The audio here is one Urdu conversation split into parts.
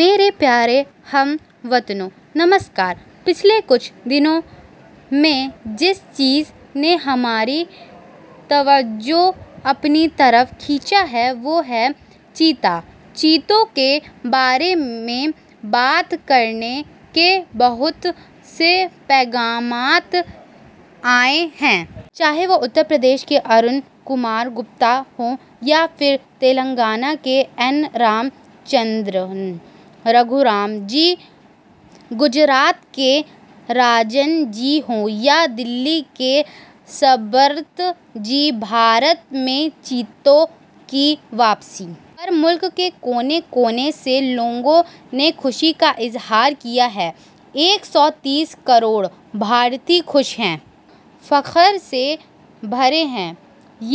میرے پیارے ہم وطنو نمسکار پچھلے کچھ دنوں میں جس چیز نے ہماری توجہ اپنی طرف کھینچی ہے وہ ہے چیتا چیتوں کے بارے میں بات کرنے کے بہت سے پیغامات آئے ہیں چاہے وہ اتر پردیش کے ارون کمار گپتا ہوں یا پھر تلنگانہ کے این رام چندرن رگھورام جی گجرات کے راجن جی ہوں یا دلی کے سبرت جی بھارت میں چیتوں کی واپسی پر ملک کے کونے کونے سے لوگوں نے خوشی کا اظہار کیا ہے ایک سو تیس کروڑ بھارتی خوش ہیں فخر سے بھرے ہیں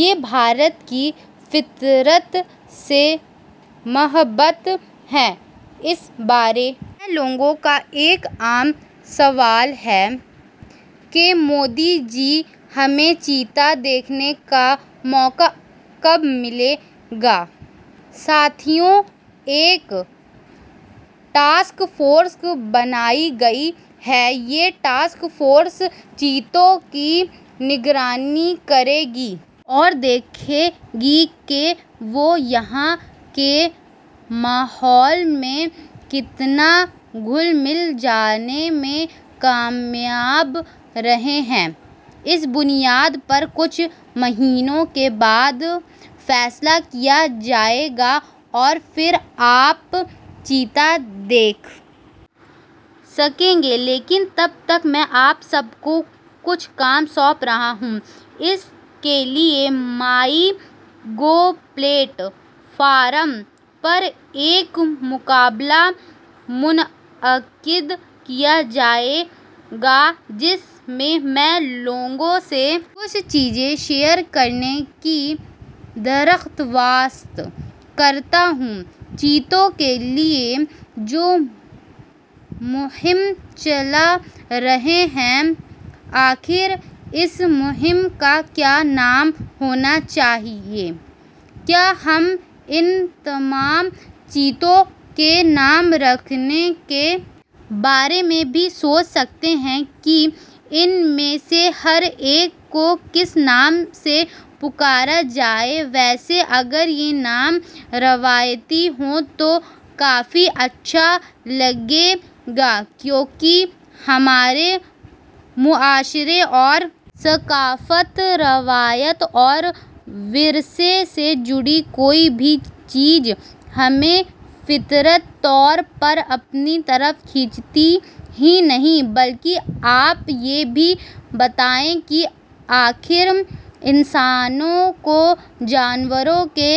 یہ بھارت کی فطرت سے محبت ہے اس بارے میں لوگوں کا ایک عام سوال ہے کہ مودی جی ہمیں چیتا دیکھنے کا موقع کب ملے گا ساتھیو ایک ٹاسک فورس بنائی گئی ہے یہ ٹاسک فورس چیتوں کی نگرانی کرے گی اور دیکھے گی کہ وہ یہاں کے ماحول میں کتنا گھل مل جانے میں کامیاب رہے ہیں اس بنیاد پر کچھ مہینوں کے بعد فیصلہ کیا جائے گا اور پھر آپ چیتا دیکھ سکیں گے لیکن تب تک میں آپ سب کو کچھ کام سونپ رہا ہوں اس کے لیے مائی گو پلیٹ فارم پر ایک مقابلہ منعقد کیا جائے گا جس میں میں لوگوں سے کچھ چیزیں شیئر کرنے کی درخواست کرتا ہوں چیتوں کے لیے جو مہم چلا رہے ہیں آخر اس مہم کا کیا نام ہونا چاہیے کیا ہم ان تمام چیتوں کے نام رکھنے کے بارے میں بھی سوچ سکتے ہیں کہ ان میں سے ہر ایک کو کس نام سے پکارا جائے ویسے اگر یہ نام روایتی ہوں تو کافی اچھا رہے گا کیونکہ ہمارے معاشرے اور ثقافت روایت اور ورثے سے جڑی کوئی بھی چیز ہمیں فطری طور پر اپنی طرف کھینچتی ہے یہی نہیں بلکہ آپ یہ بھی بتائیں کہ آخر انسانوں کو جانوروں کے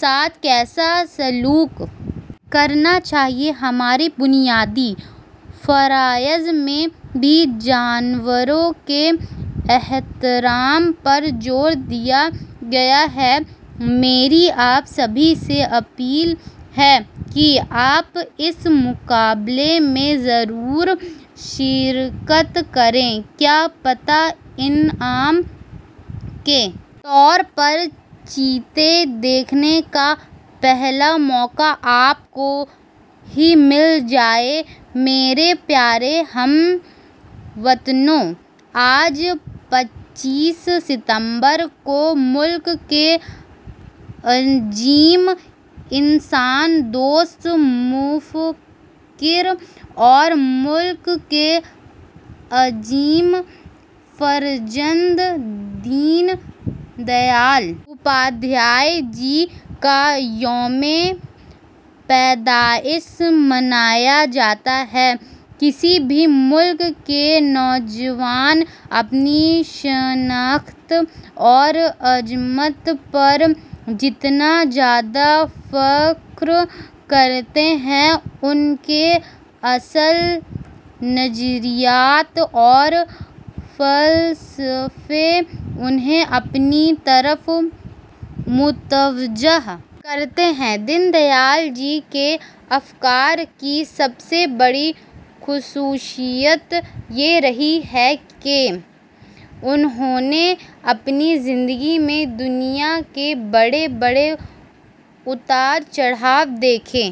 ساتھ کیسا سلوک کرنا چاہیے ہمارے بنیادی فرائض میں بھی جانوروں کے احترام پر زور دیا گیا ہے میری آپ سبھی سے اپیل ہے کہ آپ اس مقابلے میں ضرور شرکت کریں کیا پتہ انعام کے طور پر چیتے دیکھنے کا پہلا موقع آپ کو ہی مل جائے میرے پیارے ہم وطنو آج پچیس ستمبر کو ملک کے عظیم انسان دوست مفکر اور ملک کے عظیم فرزند دین دیال اپادھیائے جی کا یوم پیدائش منایا جاتا ہے کسی بھی ملک کے نوجوان اپنی شناخت اور عظمت پر جتنا زیادہ فخر کرتے ہیں ان کے اصل نظریات اور فلسفے انہیں اپنی طرف متوجہ کرتے ہیں دین دیال جی کے افکار کی سب سے بڑی خصوصیت یہ رہی ہے کہ انہوں نے اپنی زندگی میں دنیا کے بڑے بڑے اتار چڑھاؤ دیکھے